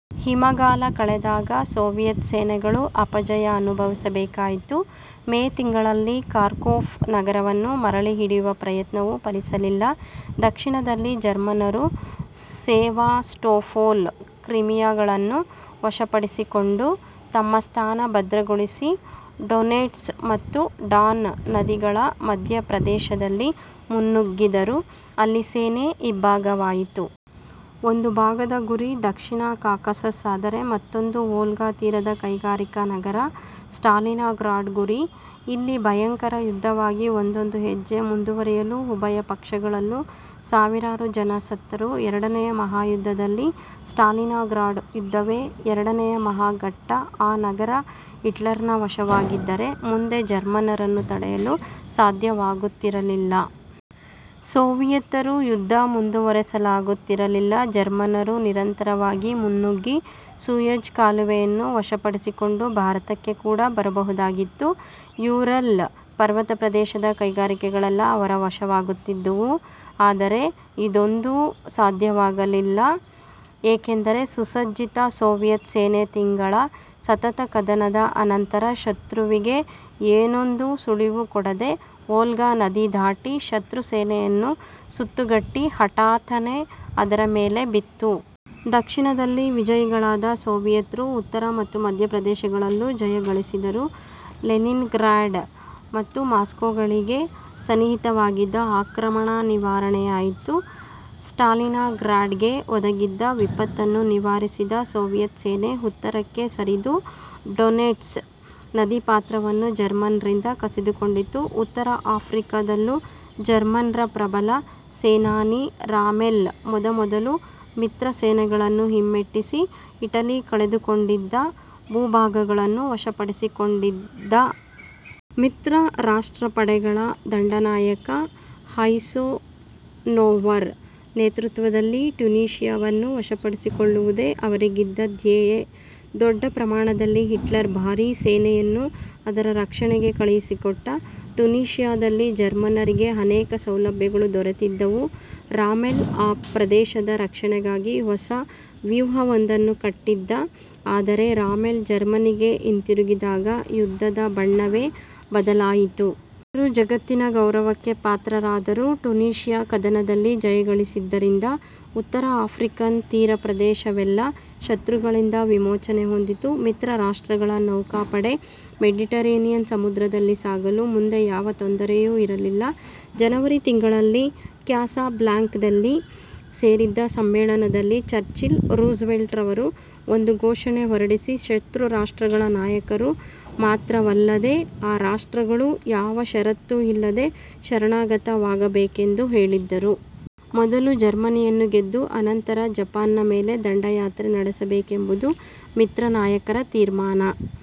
ಹಿಮಗಾಲ ಕಳೆದಾಗ ಸೋವಿಯತ್ ಸೇನೆಗಳು ಅಪಜಯ ಅನುಭವಿಸ ಬೇಕಾಯಿತು. ಮೇ ತಿಂಗಳಲ್ಲಿ ಕಾರ್ಕೊಫ್ ನಗರವನ್ನು ಮರಳಿ ಹಿಡಿಯುವ ಪ್ರಯತ್ನವೂ ಫಲಿಸಲಿಲ್ಲ. ದಕ್ಷಿಣದಲ್ಲಿ ಜರ್ಮನ್ನರು ಸೆವಾಸ್ಟೊಪೋಲ್ ಕ್ರಿಮಿಯಗಳನ್ನು ವಶಪಡಿಸಿಕೊಂಡು, ತಮ್ಮ ಸ್ಥಾನ ಭದ್ರಗೊಳಿಸಿ, ಡೊನೆಟ್ಸ್ ಮತ್ತು ಡಾನ್ ನದಿಗಳ ಮಧ್ಯ ಪ್ರದೇಶದಲ್ಲಿ ಮುನ್ನುಗ್ಗಿದರು. ಅಲ್ಲಿ ಸೇನೆ ಇಬ್ಭಾಗವಾಯಿತು. ಒಂದು ಭಾಗದ ಗುರಿ ದಕ್ಷಿಣ ಕಾಕಸಸ್ ಆದರೆ ಮತ್ತೊಂದಕ್ಕೆ ವೋಲ್ಗಾತೀರದ ಕೈಗಾರಿಕಾನಗರ ಸ್ಟಾಲಿನ್ಗ್ರಾಡ್ ಗುರಿ. ಇಲ್ಲಿ ಭಯಂಕರ ಯುದ್ಧವಾಗಿ ಒಂದೊಂದು ಹೆಜ್ಜೆ ಮುಂದುವರಿಯಲೂ ಉಭಯ ಪಕ್ಷಗಳಲ್ಲೂ ಸಾವಿರಾರು ಜನ ಸತ್ತರು. ಎರಡನೆಯ ಮಹಾಯುದ್ಧದಲ್ಲಿ ಸ್ಟಾಲಿನ್ಗ್ರಾಡ್ ಯುದ್ಧವೇ ಎರಡನೆಯ ಮಹಾ ಘಟ್ಟ. ಆ ನಗರ ಹಿಟ್ಲರನ ವಶವಾಗಿದ್ದರೆ ಮುಂದೆ ಜರ್ಮನ್ನರನ್ನು ತಡೆಯಲು ಸಾಧ್ಯವಾಗುತ್ತಿರಲಿಲ್ಲ. ಸೋವಿಯತರು ಯುದ್ಧ ಮುಂದುವರಿಸಲಾಗುತ್ತಿರಲಿಲ್ಲ. ಜರ್ಮನ್ನರು ನಿರಂತರವಾಗಿ ಮುನ್ನುಗ್ಗಿ ಸೂಯೆಜ್ ಕಾಲುವೆ ಯನ್ನು ವಶಪಡಿಸಿಕೊಂಡು ಭಾರತಕ್ಕೆ ಕೂಡ ಬರಬಹುದಾಗಿತ್ತು. ಯೂರಲ್ ಪರ್ವತಪ್ರದೇಶದ ಕೈಗಾರಿಕೆಗಳೆಲ್ಲ ಅವರ ವಶವಾಗುತ್ತಿದ್ದುವು. ಆದರೆ ಇದೊಂದೂ ಸಾಧ್ಯವಾಗಲಿಲ್ಲ. ಏಕೆಂದರೆ ಸುಸಜ್ಜಿತ ಸೋವಿಯತ್ ಸೇನೆ ತಿಂಗಳ ಸತತ ಕದನದ ಅನಂತರ, ಶತ್ರುವಿಗೆ ಏನೊಂದೂ ಸುಳಿವು ಕೊಡದೆ ವೋಲ್ಗಾ ನದಿ ದಾಟಿ, ಶತ್ರು ಸೇನೆಯನ್ನು ಸುತ್ತುಗಟ್ಟಿ ಹಠಾತ್ತನೆ ಅದರ ಮೇಲೆ ಬಿತ್ತು. ದಕ್ಷಿಣದಲ್ಲಿ ವಿಜಯಿಗಳಾದ ಸೋವಿಯತ್ರು ಉತ್ತರ ಮತ್ತು ಮಧ್ಯ ಪ್ರದೇಶಗಳಲ್ಲೂ ಜಯ ಗಳಿಸಿದರು. ಲೆನಿನ್ಗ್ರಾಡ್ ಮತ್ತು ಮಾಸ್ಕೋಗಳಿಗೆ ಸನ್ನಿಹಿತವಾಗಿದ್ದ ಆಕ್ರಮಣ ನಿವಾರಣೆಯಾಯಿತು. ಸ್ಟಾಲಿನ್ಗ್ರಾಡ್ಗೆ ಒದಗಿದ್ದ ವಿಪತ್ತನ್ನು ನಿವಾರಿಸಿದ ಸೋವಿಯತ್ ಸೇನೆ ಉತ್ತರಕ್ಕೆ ಸರಿದು ಡೊನೆಟ್ಸ್ ನದೀಪಾತ್ರವನ್ನು ಜರ್ಮನ್ನರಿಂದ ಕಸಿದುಕೊಂಡಿತು. ಉತ್ತರ ಆಫ್ರಿಕದಲ್ಲೂ ಜರ್ಮನ್ನರ ಪ್ರಬಲ ಸೇನಾನಿ ರಾಮೆಲ್ ಮೊದಮೊದಲು ಮಿತ್ರಸೇನೆಗಳನ್ನು ಹಿಮ್ಮೆಟ್ಟಿಸಿ ಇಟಲಿ ಕಳೆದುಕೊಂಡಿದ್ದ ಭೂಭಾಗಗಳನ್ನು ವಶಪಡಿಸಿಕೊಂಡಿದ್ದ. ಮಿತ್ರರಾಷ್ಟ್ರ ಪಡೆಗಳ ದಂಡನಾಯಕ ಐಸನ್ಹೋವರ್ ನೇತೃತ್ವದಲ್ಲಿ ಟ್ಯುನೀಷಿಯವನ್ನು ವಶಪಡಿಸಿಕೊಳ್ಳುವುದೇ ಅವರಿಗಿದ್ದ ಧ್ಯೇಯ. ದೊಡ್ಡ ಪ್ರಮಾಣದಲ್ಲಿ ಹಿಟ್ಲರ್ ಭಾರೀ ಸೇನೆಯನ್ನು ಅದರ ರಕ್ಷಣೆಗೆ ಕಳುಹಿಸಿಕೊಟ್ಟ. ಟ್ಯುನೀಷಿಯದಲ್ಲಿ ಜರ್ಮನ್ನರಿಗೆ ಅನೇಕ ಸೌಲಭ್ಯಗಳು ದೊರೆತಿದ್ದವು. ರಾಮೆಲ್ ಆ ಪ್ರದೇಶದ ರಕ್ಷಣೆಗಾಗಿ ಹೊಸ ವ್ಯೂಹವೊಂದನ್ನು ಕಟ್ಟಿದ್ದ. ಆದರೆ ರಾಮೆಲ್ ಜರ್ಮನಿಗೆ ಹಿಂತಿರುಗಿದಾಗ ಯುದ್ಧದ ಬಣ್ಣವೇ ಬದಲಾಯಿತು. ಅವರು ಜಗತ್ತಿನ ಗೌರವಕ್ಕೆ ಪಾತ್ರರಾದರು. ಟ್ಯುನೀಷಿಯ ಕದನದಲ್ಲಿ ಜಯಗಳಿಸಿದ್ದರಿಂದ ಉತ್ತರ ಆಫ್ರಿಕನ್ ತೀರಪ್ರದೇಶವೆಲ್ಲ ಶತ್ರುಗಳಿಂದ ವಿಮೋಚನೆ ಹೊಂದಿತು. ಮಿತ್ರ ರಾಷ್ಟ್ರಗಳ ನೌಕಾಪಡೆ ಮೆಡಿಟರೇನಿಯನ್ ಸಮುದ್ರದಲ್ಲಿ ಸಾಗಲು ಮುಂದೆ ಯಾವ ತೊಂದರೆಯೂ ಇರಲಿಲ್ಲ. ಜನವರಿ ತಿಂಗಳಲ್ಲಿ ಕ್ಯಾಸಬ್ಲಾಂಕದಲ್ಲಿ ಸೇರಿದ್ದ ಸಮ್ಮೇಳನದಲ್ಲಿ ಚರ್ಚಿಲ್-ರೂಸ್ವೆಲ್ಟರು ಒಂದು ಘೋಷಣೆ ಹೊರಡಿಸಿ ಶತ್ರುರಾಷ್ಟ್ರಗಳ ನಾಯಕರು ಮಾತ್ರವಲ್ಲದೆ ಆ ರಾಷ್ಟ್ರಗಳೂ ಯಾವ ಷರತ್ತೂ ಇಲ್ಲದೆ ಶರಣಾಗತವಾಗಬೇಕೆಂದು ಹೇಳಿದ್ದರು. ಮೊದಲು ಜರ್ಮನಿಯನ್ನು ಗೆದ್ದು ಅನಂತರ ಜಪಾನ್ನ ಮೇಲೆ ದಂಡಯಾತ್ರೆ ನಡೆಸಬೇಕೆಂಬುದು ಮಿತ್ರನಾಯಕರ ತೀರ್ಮಾನ